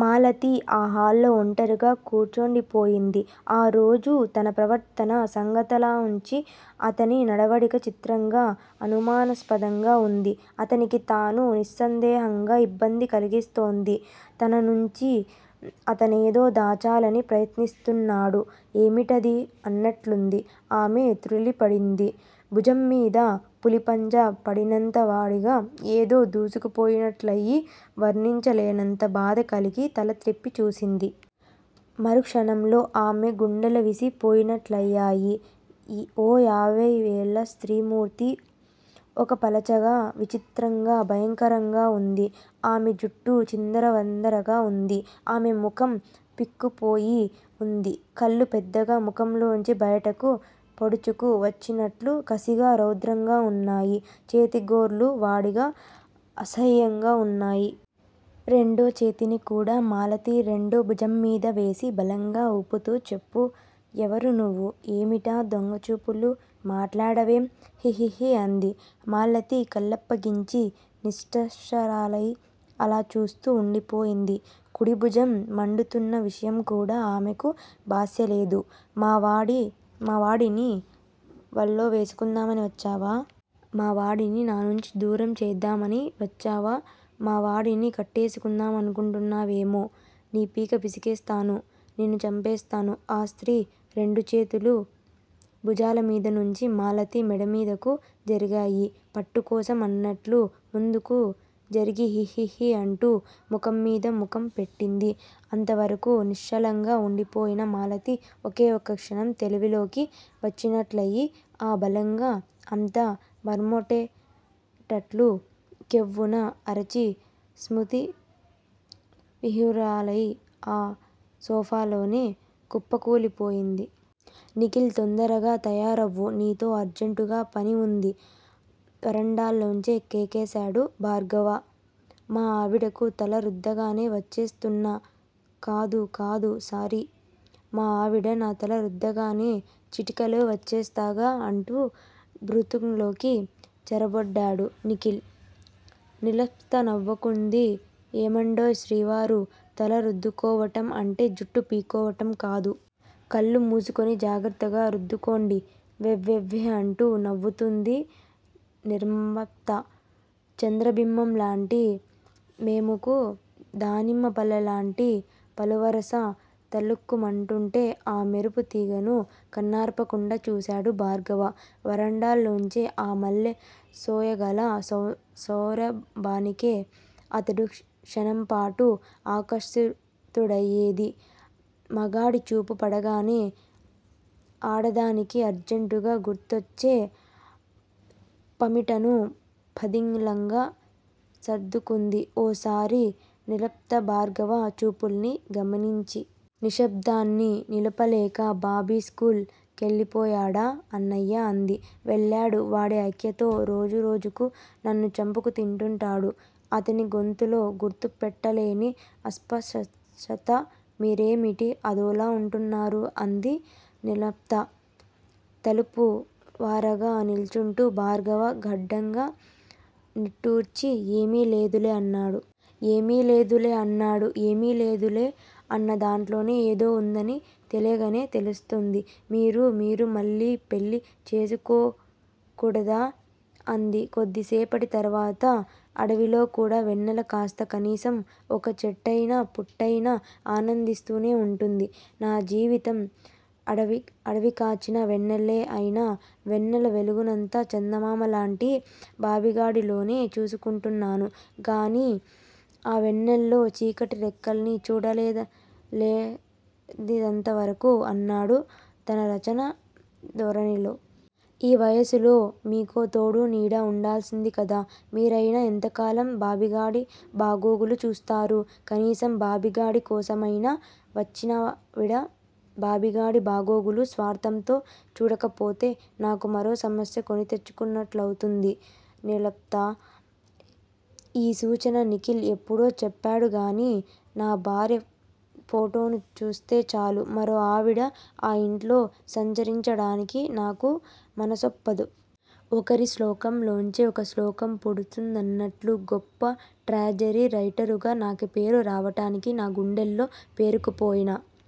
మాలతి ఆ హాల్లో ఒంటరిగా కూర్చుండిపోయింది. ఆరోజు తన ప్రవర్తన సంగతలావుంచి అతని నడవడిక చిత్రంగా, అనుమానాస్పదంగా వుంది. అతనికి తాను నిస్సందేహంగా ఇబ్బంది కలిగిస్తోంది. తననుంచి అతనేదో దాచాలని ప్రయత్నిస్తున్నాడు. ఏమిటది? ఉన్నట్లుంది ఆమె త్రుళ్ళిపడింది. భుజంమీద పులిపంజా పడినంత వాడిగా ఏదో దూసుకుపోయినట్లయి, వర్ణించలేనంత బాధ కలిగి తల త్రిప్పి చూసింది. మరు క్షణంలో ఆమె గుండెలవిసి పోయినట్లయాయి. ఓ ఏభై ఏళ్ళ స్త్రీ మూర్తి, బక్క పలచగా, విచిత్రంగా, భయంకరంగా వుంది. ఆమె జుట్టు చిందరవందరగా వుంది. ఆమెముఖం పీక్కుపోయి వుంది. కళ్ళు పెద్దగా ముఖంలోంచి బయటకు పొడుచుకు వచ్చినట్లు కసిగా, రౌద్రంగా వున్నాయి. చేతిగ్రోళ్ళు వాడిగా, అసహ్యంగా వున్నాయి. రెండోచేతిని కూడా మాలతి రెండో భుజంమీద వేసి బలంగా ఊపుతూ చెప్పు? ఎవరు నువ్వు? ఏమిటా దొంగ చూపులు? మాట్లాడవేం? హిహిహి అంది. మాలతి కళ్ళప్పగించి నిశ్చేష్టురాలై అలా చూస్తూ వుండిపోయింది. కుడి భుజం మండుతున్న విషయంకూడా ఆమెకు ధ్యాసలేదు. మావాడిని వల్లో వేసుకుందామని వచ్చావా? మావాడిని నానుంచి దూరం చేద్దామని వచ్చావా? మావాడిని కట్టేసుకుందామనుకుంటున్నావేమో? నీ పీక పిసికేస్తాను, నిన్ను చంపేస్తాను. ఆ స్త్రీ రెండుచేతులూ భుజాలమీద నుంచి మాలతి మెడమీదకు జరిగాయి. పట్టుకోసం అన్నట్టు ముందుకు జరిగి హీహీహీ అంటూ ముఖంమీద ముఖం పెట్టింది. అంతవరకూ నిశ్చలంగా వుండిపోయిన మాలతి ఒకే ఒక్క క్షణం తెలివిలోకి వచ్చినట్లుయి ఆ బంగళా అంతా మార్మోగేటట్లు కెవ్వున అరచి, స్మృతి విహీనురాలై ఆ సోఫాలోనే కుప్పకూలిపోయింది. నిఖిల్ తొందరగా తయారవ్వు. నీతో అర్జంటుగా పని వుంది వరండాలోంచే కేకేశాడు భార్గవ. మా ఆవిడకు తల రుద్దగానే వచ్చేస్తున్నా కాదు కాదు సారీ! మా ఆవిడ నా తల రుద్దగానే చిటికెలో వచ్చేస్తాగా అంటూ బాత్రూంలోకి చొరబడ్డాడు నిఖిల్. నిర్లిప్త నవ్వుకుంది. ఏమండోయ్ శ్రీవారూ తల రుద్దుకోవటం అంటే, జుట్టు పీక్కోవటం కాదు. కళ్ళు మూసుకుని జాగ్రత్తగా రుద్దుకోండి వ్వెవ్వెవ్వే అంటూ నవ్వుతూంది నిర్లిప్త. చంద్రబింబం లాంటి మోముకు దానిమ్మ పళ్ళలాంటి పలువరస తళుక్కుమంటూంటే ఆ మెరుపు తీగను కన్నార్పకుండా చూశాడు భార్గవ వరండాలోంచే. ఆ మల్లె సోయగాల, సౌరభానికే అతడు 'క్షణం పాటు' ఆకర్షితుడయ్యేది. మగాడి చూపు పడగానే ఆడదానికి అర్జంటుగా గుర్తొచ్చే పమిటను పదిలంగా సర్దుకుంది ఓసారి నిర్లిప్త భార్గవ చూపుల్ని గమనించి. నిశ్శబ్దాన్ని నిలుపలేక బాబీ స్కూల్ కెళ్ళిపోయాడా అన్నయ్యా? అంది. వెళ్ళాడు. వాడి ఐక్యూతో రోజు రోజుకూ నన్ను చంపుకు తింటున్నాడు అతని గొంతులో గుర్తుపట్టలేని అస్పష్టత. మీరేమిటీ అదోలా వుంటున్నారు? అంది నిర్లిప్త తలుపు వారగా నిల్చుంటూ. భార్గవ గాఢంగా నిట్టూర్చి ఏమీ లేదులే అన్నాడు. ఏమీ లేదులే అన్నాడు. ఏమీ లేదులే అన్న దాంట్లోనే ఏదో వున్నదని తెలియకనే తెలుస్తుంది. మీరు_మీరు మళ్ళీ పెళ్ళి చేసుకోకూడదా? అంది కొద్దిసేపటి తర్వాత. అడవిలో కూడా వెన్నెల కాస్తే కనీసం ఒక్క చెట్టయినా, పుట్టయినా ఆనందిస్తూనే వుంటుంది. నా జీవితం అడవికాచిన వెన్నెలే అయినా, వెన్నెల వెలుగునంతా చందమామలాంటి బాబిగాడిలోనే చూసుకుంటున్నాను గాని, ఆ వెన్నెల్లో చీకటిరేఖల్ని చూడలేదింతవరకూ అన్నాడు తన రచనా ధోరణిలో. ఈ వయసులో మీకో తోడూ నీడా వుండాల్సింది కదా, మీరయినా ఎంతకాలం బాబిగాడి బాగోగులు చూస్తారు. కనీసం బాబిగాడి కోసమైనా వచ్చినావిడ బాబిగాడి బాగోగులు స్వార్ధంతో చూడకపోతే నాకు మరో సమస్య కొనితెచ్చుకున్నట్టవుతుంది నిర్లిప్తా! ఈ సూచన నిఖిల్ ఎప్పుడో చెప్పాడుగాని, నా భార్య ఫోటోను చూస్తే చాలు మరో ఆడది ఆ ఇంట్లో సంచరించడానికి నాకు మనసొప్పదు. ఒకరి శోకంలోంచే ఒక శ్లోకం పుడుతుందన్నట్లు గొప్ప ట్రాజెడీ రైటరుగా నాకీ పేరు రావటానికి నా గుండెల్లో పేరుకుపోయిన